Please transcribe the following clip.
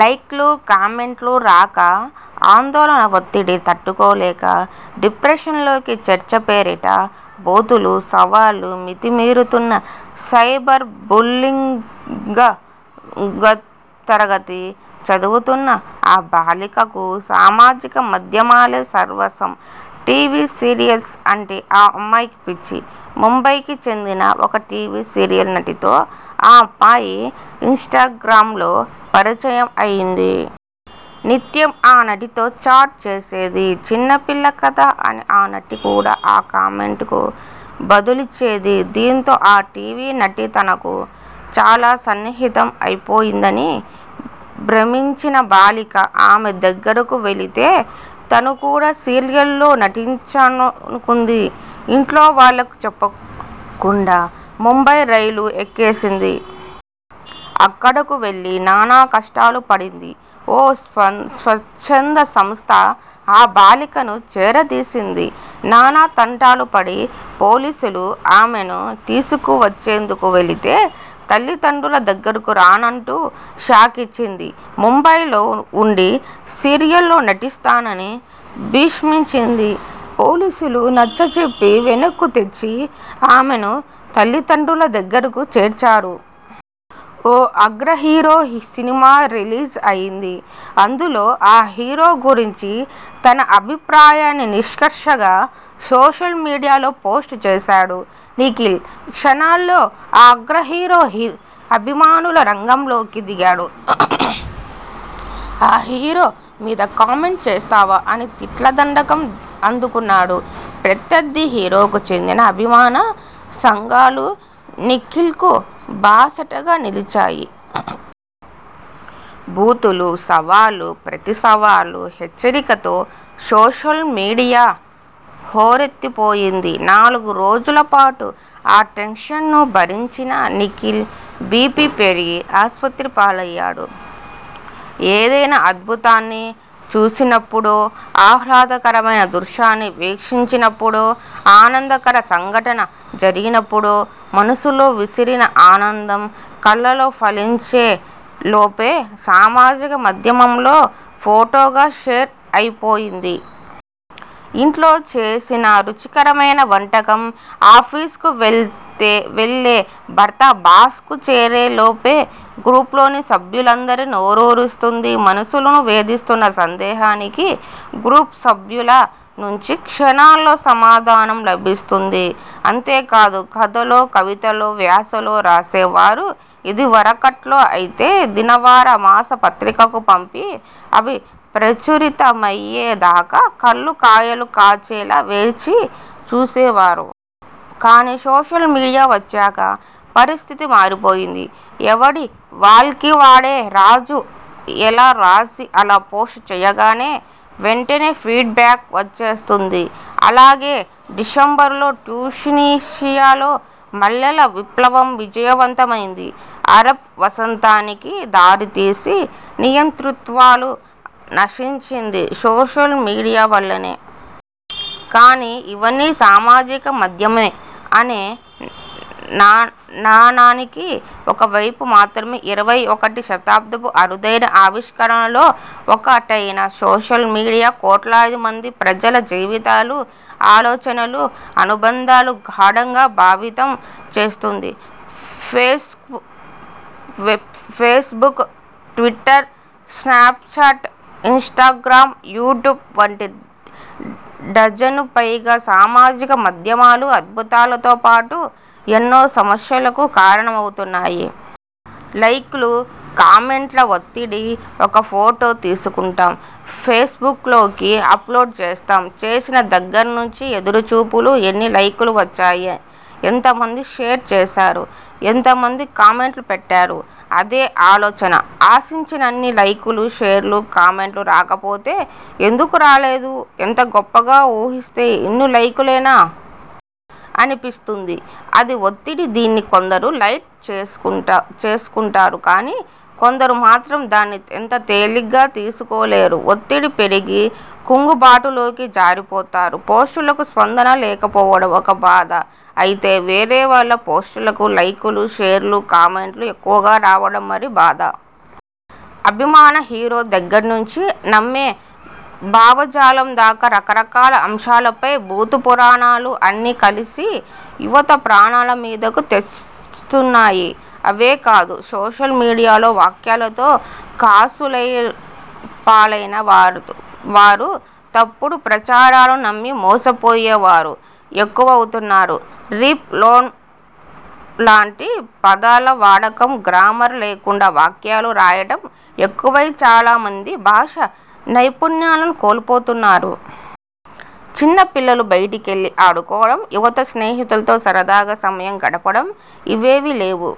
లైక్లు, కామెంట్లు రాక ఆందోళన ఒత్తిడి తట్టుకోలేక డిప్రెషన్లోకి చర్చ పేరిట బూతులు, సవాళ్లు మితి మీరుతున్న సైబర్ బుల్లీయింగ్పదోతరగతి చదువుతున్న ఆ బాలికకు సామాజిక మాధ్యమాలే సర్వస్వం. టీవీ సీరియల్స్ అంటే ఆ అమ్మాయికి పిచ్చి. ముంబైకి చెందిన ఒక టీవీ సీరియల్ నటితో ఆ అమ్మాయికి ఇన్స్టాగ్రామ్లో పరిచయం అయింది. నిత్యం ఆ నటితో చాట్ చేసేది. చిన్నపిల్ల కదా అని ఆ నటి కూడా ఆ కామెంట్లకు బదులిచ్చేది. దీంతో ఆ టీవీ నటి తనకు చాలా సన్నిహితం అయిపోయిందని భ్రమించిన బాలిక ఆమె దగ్గరకు వెళితే తను కూడా సీరియల్స్లో నటించ వచ్చనుకుంది. ఇంట్లో వాళ్లకు చెప్పకుండా ముంబై రైలు ఎక్కేసింది. అక్కడకు వెళ్లి నానా కష్టాలూ పడింది. ఓ స్వచ్ఛంద సంస్థ ఆ బాలికను చేరదీసింది. నానా తంటాలు పడి పోలీసులు ఆమెను తీసుకు వచ్చేందుకు వెళితే తల్లిదండ్రుల దగ్గరకు రానంటూ షాకిచ్చింది. ముంబైలో వుండి సీరియల్స్లో నటిస్తానని భీష్మించింది. పోలీసులు నచ్చ చెప్పి వెనక్కు తెచ్చి ఆమెను తల్లిదండ్రుల దగ్గరకు చేర్చారు. ఓ అగ్రహీరో సినిమా రిలీజ్ అయింది. అందులో ఆ హీరో గురించి తన అభిప్రాయాన్ని నిష్కర్షగా సోషల్ మీడియాలో పోస్ట్ చేశాడు నిఖిల్. క్షణాల్లో ఆ అగ్రహీరో అభిమానులు రంగంలోకి దిగారు. మా హీరో మీద కామెంట్ చేస్తావా అని తిట్ల దండకం అందుకున్నారు. ప్రత్యర్థి హీరోకు చెందిన అభిమాన సంఘాలు నిఖిల్కు బాసటగా నిలిచాయి. బూతులు, సవాళ్లు, ప్రతిసవాళ్లు, హెచ్చరికలతో సోషల్మీడియా హోరెత్తిపోయింది. నాలుగు రోజుల పాటు ఆ టెన్షన్ను భరించిన నిఖిల్ బీపీ పెరిగి ఆస్పత్రి పాలయ్యాడు. ఏదైనా అద్భుతాన్ని చూసినప్పుడో ఆహ్లాదకరమైన దృశ్యాన్ని వీక్షించినప్పుడో ఆనందకర సంఘటన జరిగినప్పుడో మనసులో విరిసిన ఆనందం కళ్లలో ప్రతిఫలించే లోపే సామాజిక మాధ్యమంలో ఫోటోగా షేర్ అయిపోతుంది. ఇంట్లో చేసిన రుచికరమైన వంటకం ఆఫీసుకు వెళ్లే భర్త బాక్స్కు చేరేలోపే గ్రూప్లోని సభ్యులందరి నోరూరిస్తుంది. మనసును వేధిస్తున్న సందేహానికి గ్రూప్ సభ్యుల నుంచి క్షణాల్లో సమాధానం లభిస్తున్నది. అంతేకాదు కథలో కవితలో వ్యాసాలో రాసేవారు ఇదివరకట్లో అయితే దిన, వార, మాస పత్రికలకు పంపి అవి ప్రచురితమయ్యేదాకా కళ్లు కాయలు కాచేలా వేచి చూసేవారు. కానీ సోషల్ మీడియా వచ్చాక పరిస్థితి మారిపోయింది. 'ఎవడి వాల్కి వాడే రాజు. ' ఇలా రాసి అలా పోస్ట్ చేయగానే వెంటనే ఫీడ్ బ్యాక్ వచ్చేస్తుంది. అలాగే డిసెంబరులో ట్యునీషియాలో మల్లెల విప్లవం విజయవంతమైంది అరబ్ వసంతానికి దారి తీసి నియంతృత్వాలు నశించింది సోషల్ మీడియా వల్లనే! కానీ ఇవన్నీ సామాజిక మాధ్యమం అనే నాణానికి ఒక వైపు మాత్రమే! ఇరవై ఒకటి శతాబ్దపు అరుదైన ఆవిష్కరణల్లో ఒకటైనసోషల్ మీడియా కోట్లాది మంది ప్రజల జీవితాలు, ఆలోచనలు, అనుబంధాలను గాఢంగా ప్రభావితం చేస్తోంది. Facebook, Twitter, Snapchat, Instagram, YouTube వంటి డజనుకు పైగా సామాజిక మాధ్యమాలు అద్భుతాలతోపాటు ఎన్నో సమస్యలకూ కారణమవుతున్నాయి. లైకులు కామెంట్ల ఒత్తిడి ఒక ఫొటో తీసుకుంటాం ఫేస్బుక్లోకి అప్లోడ్ చేస్తాం. చేసిన దగ్గర్నుంచీ ఎదురుచూపులు! ఎన్ని లైకులు వచ్చాయి ఎంత మంది షేర్ చేశారు ఎంత మంది కామెంట్లు పెట్టారు ఇదే ఆలోచన! ఆశించినన్ని లైకులు, షేర్లు, కామెంట్లు రాకపోతే ఎందుకు రాలేదు? ఎంతో గొప్పగా ఊహిస్తే ఇన్నిలైకులేనా? అనిపిస్తుంది. అది ఒత్తిడి. దీన్ని కొందరు లైట్ తీసుకుంటారు గానీ కొందరు మాత్రం దాన్ని అంత తేలిగ్గా తీసుకోలేరు. ఒత్తిడి పెరిగి కుంగుబాటు లోకి జారిపోతారు. పోస్టులకు స్పందన లేకపోవడం ఒక బాధ అయితే వేరేవాళ్ల పోస్టులకు లైకులు, షేర్లు, కామెంట్లు ఎక్కువగా రావడం మరీ బాధ! అభిమాన హీరో దగ్గర్నుంచీ నమ్మే భావజాలం దాకా రకరకాల అంశాలపై బూతు పురాణాలు, అన్నీ కలిసి యువత ప్రాణాల మీదకు తెస్తున్నాయి. ఇవే కాదు.. సోషల్ మీడియాలో వ్యాఖ్యలతో కేసులపాలైనవారు.. తప్పుడు ప్రచారాలను నమ్మి మోసపోయేవారు ఎక్కువవుతున్నారు. రిప్, లోల్ లాంటి పదాల వాడకం గ్రామర్ లేకుండా వాక్యాలు రాయడం ఎక్కువై చాలా మంది భాషా నైపుణ్యాలను కోల్పోతున్నారు. చిన్నపిల్లలు బయటికెళ్లి ఆడుకోవడం యువత స్నేహితులతో సరదాగా సమయం గడపడం ఇవేవీ లేవు.